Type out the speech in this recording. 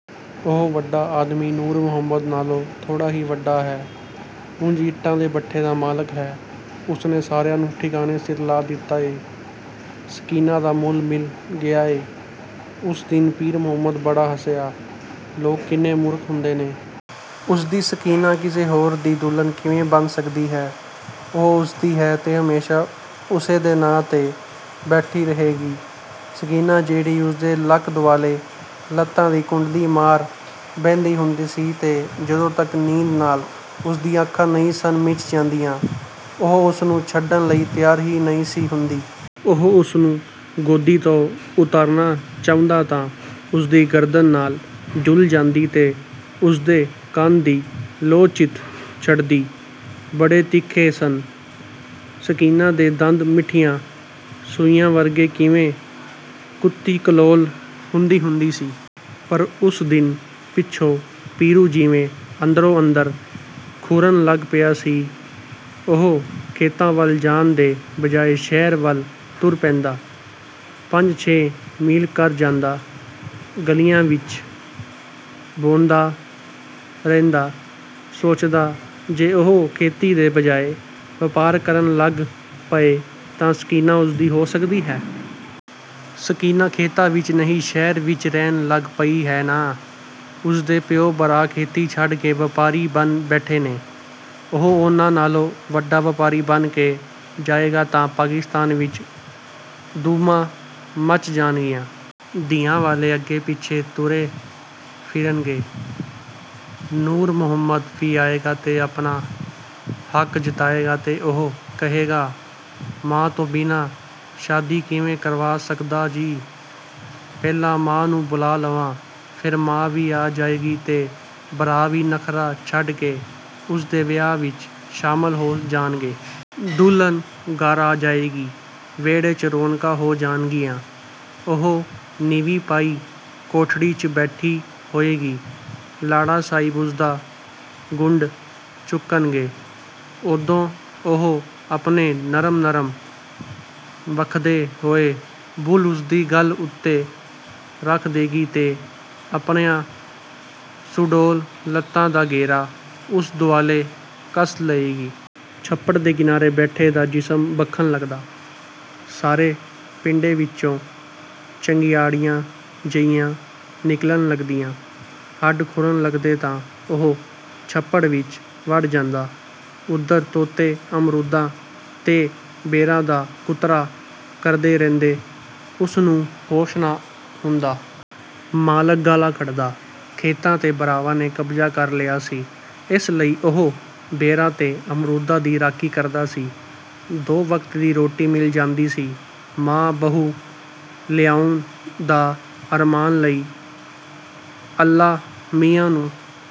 ਉਹ ਵੱਡਾ ਆਦਮੀ ਨੂਰ ਮੁਹੰਮਦ ਨਾਲੋਂ ਥੋੜ੍ਹਾ ਹੀ ਵੱਡਾ ਹੈ। ਉਂਜ ਇੱਟਾਂ ਦੇ ਭੱਠੇ ਦਾ ਮਾਲਕ ਹੈ। ਉਸਨੇ ਸਾਰਿਆਂ ਨੂੰ ਠਿਕਾਣੇ ਸਿਰ ਲਾ ਦਿੱਤਾ ਏ। ਸਕੀਨਾ ਦਾ ਮੁੱਲ ਮਿਲ ਗਿਆ ਏ। ਉਸ ਦਿਨ ਪੀਰ ਮੁਹੰਮਦ ਬੜਾ ਹੱਸਿਆ, ਲੋਕ ਕਿੰਨੇ ਮੂਰਖ ਹੁੰਦੇ ਨੇ। ਉਸਦੀ ਸਕੀਨਾ ਕਿਸੇ ਹੋਰ ਦੀ ਦੁਲਹਨ ਕਿਵੇਂ ਬਣ ਸਕਦੀ ਹੈ। ਉਹ ਉਸਦੀ ਹੈ ਤੇ ਹਮੇਸ਼ਾ ਉਸੇ ਦੇ ਨਾਂ 'ਤੇ ਬੈਠੀ ਰਹੇਗੀ। ਸਕੀਨਾ ਜਿਹੜੀ ਉਸਦੇ ਲੱਕ ਦੁਆਲੇ ਲੱਤਾਂ ਦੀ ਕੁੰਡਲੀ ਮਾਰ ਬਹਿੰਦੀ ਹੁੰਦੀ ਸੀ ਤੇ ਜਦੋਂ ਤੱਕ ਨੀਂਦ ਨਾਲ ਉਸਦੀਆਂ ਅੱਖਾਂ ਨਹੀਂ ਸਨ ਮੀਚ ਜਾਂਦੀਆਂ, ਉਹ ਉਸਨੂੰ ਛੱਡਣ ਲਈ ਤਿਆਰ ਹੀ ਨਹੀਂ ਸੀ ਹੁੰਦੀ। ਉਹ ਉਸਨੂੰ ਗੋਦੀ ਤੋਂ ਉਤਾਰਨਾ ਚਾਹੁੰਦਾ ਤਾਂ ਉਸਦੀ ਗਰਦਨ ਨਾਲ ਝੂਲ ਜਾਂਦੀ ਤੇ ਉਸਦੇ ਕੰਨ ਦੀ ਲੌ ਚਿੱਥ ਛੱਡਦੀ। ਬੜੇ ਤਿੱਖੇ ਸਨ, ਸਕੀਨਾ ਦੇ ਦੰਦ ਮਿੱਠੀਆਂ ਸੂਈਆਂ ਵਰਗੇ ਕਿਵੇਂ ਕੁੱਤੀ-ਕਲੋਲ ਹੁੰਦੀ ਹੁੰਦੀ ਸੀ। ਪਰ ਉਸ ਦਿਨ ਪਿੱਛੋਂ ਪੀਰੂ ਜਿਵੇਂ ਅੰਦਰੋਂ ਅੰਦਰ ਖੁਰਨ ਲੱਗ ਪਿਆ ਸੀ। ਉਹ ਖੇਤਾਂ ਵੱਲ ਜਾਣ ਦੇ ਬਜਾਏ ਸ਼ਹਿਰ ਵੱਲ ਤੁਰ ਪੈਂਦਾ। ਪੰਜ-ਛੇ ਮੀਲ ਕਰ ਜਾਂਦਾ। ਗਲੀਆਂ ਵਿੱਚ ਭੌਂਦਾ ਰਹਿੰਦਾ। ਸੋਚਦਾ, ਜੇ ਉਹ ਖੇਤੀ ਦੇ ਬਜਾਏ ਵਪਾਰ ਕਰਨ ਲੱਗ ਪਏ ਤਾਂ ਸਕੀਨਾ ਉਸਦੀ ਹੋ ਸਕਦੀ ਹੈ। ਸਕੀਨਾ ਖੇਤਾਂ ਵਿੱਚ ਨਹੀਂ ਸ਼ਹਿਰ ਵਿੱਚ ਰਹਿਣ ਲੱਗ ਪਈ ਹੈ ਨਾ। ਉਸਦੇ ਪਿਓ-ਭਰਾ ਖੇਤੀ ਛੱਡ ਕੇ ਵਪਾਰੀ ਬਣ ਬੈਠੇ ਨੇ। ਉਹ ਉਹਨਾਂ ਨਾਲੋਂ ਵੱਡਾ ਵਪਾਰੀ ਬਣ ਕੇ ਜਾਏਗਾ ਤਾਂ ਪਾਕਿਸਤਾਨ ਵਿੱਚ ਧੂਮਾਂ ਮੱਚ ਜਾਣਗੀਆਂ। ਧੀਆਂ ਵਾਲੇ ਅੱਗੇ-ਪਿੱਛੇ ਤੁਰੇ ਫਿਰਨਗੇ। ਨੂਰ ਮੁਹੰਮਦ ਵੀ ਆਏਗਾ ਤੇ ਆਪਣਾ ਹੱਕ ਜਤਾਏਗਾ ਤੇ ਉਹ ਕਹੇਗਾ,"ਮਾਂ ਤੋਂ ਬਿਨਾਂ ਸ਼ਾਦੀ ਕਿਵੇਂ ਕਰਵਾ ਸਕਦਾਂ ਜੀ, ਪਹਿਲਾਂ ਮਾਂ ਨੂੰ ਬੁਲਾ ਲਵਾਂ।"ਫਿਰ ਮਾਂ ਵੀ ਆ ਜਾਏਗੀ ਤੇ ਭਰਾ ਵੀ ਨਖ਼ਰਾ ਛੱਡ ਕੇ ਉਸਦੇ ਵਿਆਹ ਵਿੱਚ ਸ਼ਾਮਲ ਹੋ ਜਾਣਗੇ। ਦੁਲਹਨ ਘਰ ਆ ਜਾਏਗੀ। ਵਿਹੜੇ 'ਚ ਰੌਣਕਾਂ ਹੋ ਜਾਣਗੀਆਂ। ਉਹ ਨੀਵੀਂ ਪਾਈ ਕੋਠੜੀ 'ਚ ਬੈਠੀ ਹੋਏਗੀ। ਲਾੜਾ ਸਾਹਿਬ ਉਸਦਾ ਘੁੰਡ ਚੁੱਕਣਗੇ। ਉਦੋਂ ਉਹ ਆਪਣੇ ਨਰਮ-ਨਰਮ ਭਖਦੇ ਹੋਏ ਬੁੱਲ੍ਹ ਉਸਦੀ ਗੱਲ੍ਹ ਉੱਤੇ ਰੱਖ ਦੇਗੀ ਤੇ ਆਪਣੀਆਂ ਸੁਡੌਲ ਲੱਤਾਂ ਦਾ ਘੇਰਾ ਉਸ ਦੁਆਲੇ ਕੱਸ ਲਏਗੀ। ਛੱਪੜ ਦੇ ਕਿਨਾਰੇ ਬੈਠੇ ਦਾ ਜਿਸਮ ਭਖਣ ਲੱਗਦਾ, ਸਾਰੇ ਪਿੰਡੇ ਵਿੱਚੋਂ ਚੰਗਿਆੜੀਆਂ ਜਿਹੀਆਂ ਨਿਕਲਣ ਲੱਗਦੀਆਂ, ਹੱਡ ਖੁਰਨ ਲੱਗਦੇ ਤਾਂ ਉਹ ਛੱਪੜ ਵਿੱਚ ਵੜ ਜਾਂਦਾ। ਉਧਰ ਤੋਤੇ ਅਮਰੂਦਾਂ ਤੇ ਬੇਰਾਂ ਦਾ ਕੁਤਰਾ ਕਰਦੇ ਰਹਿੰਦੇ, ਉਸ ਨੂੰ ਹੋਸ਼ ਨਾ ਹੁੰਦਾ। ਮਾਲਕ ਗਾਲ੍ਹਾਂ ਕੱਢਦਾ। ਖੇਤਾਂ 'ਤੇ ਭਰਾਵਾਂ ਨੇ ਕਬਜ਼ਾ ਕਰ ਲਿਆ ਸੀ, ਇਸ ਲਈ ਉਹ ਬੇਰਾਂ ਤੇ ਅਮਰੂਦਾਂ ਦੀ ਰਾਖੀ ਕਰਦਾ ਸੀ। ਦੋ ਵਕਤ ਦੀ ਰੋਟੀ ਮਿਲ ਜਾਂਦੀ ਸੀ। ਮਾਂ, ਬਹੂ ਲਿਆਉਣ ਦਾ ਅਰਮਾਨ ਲਈ ਅੱਲਾ ਮੀਆਂ ਨੂੰ।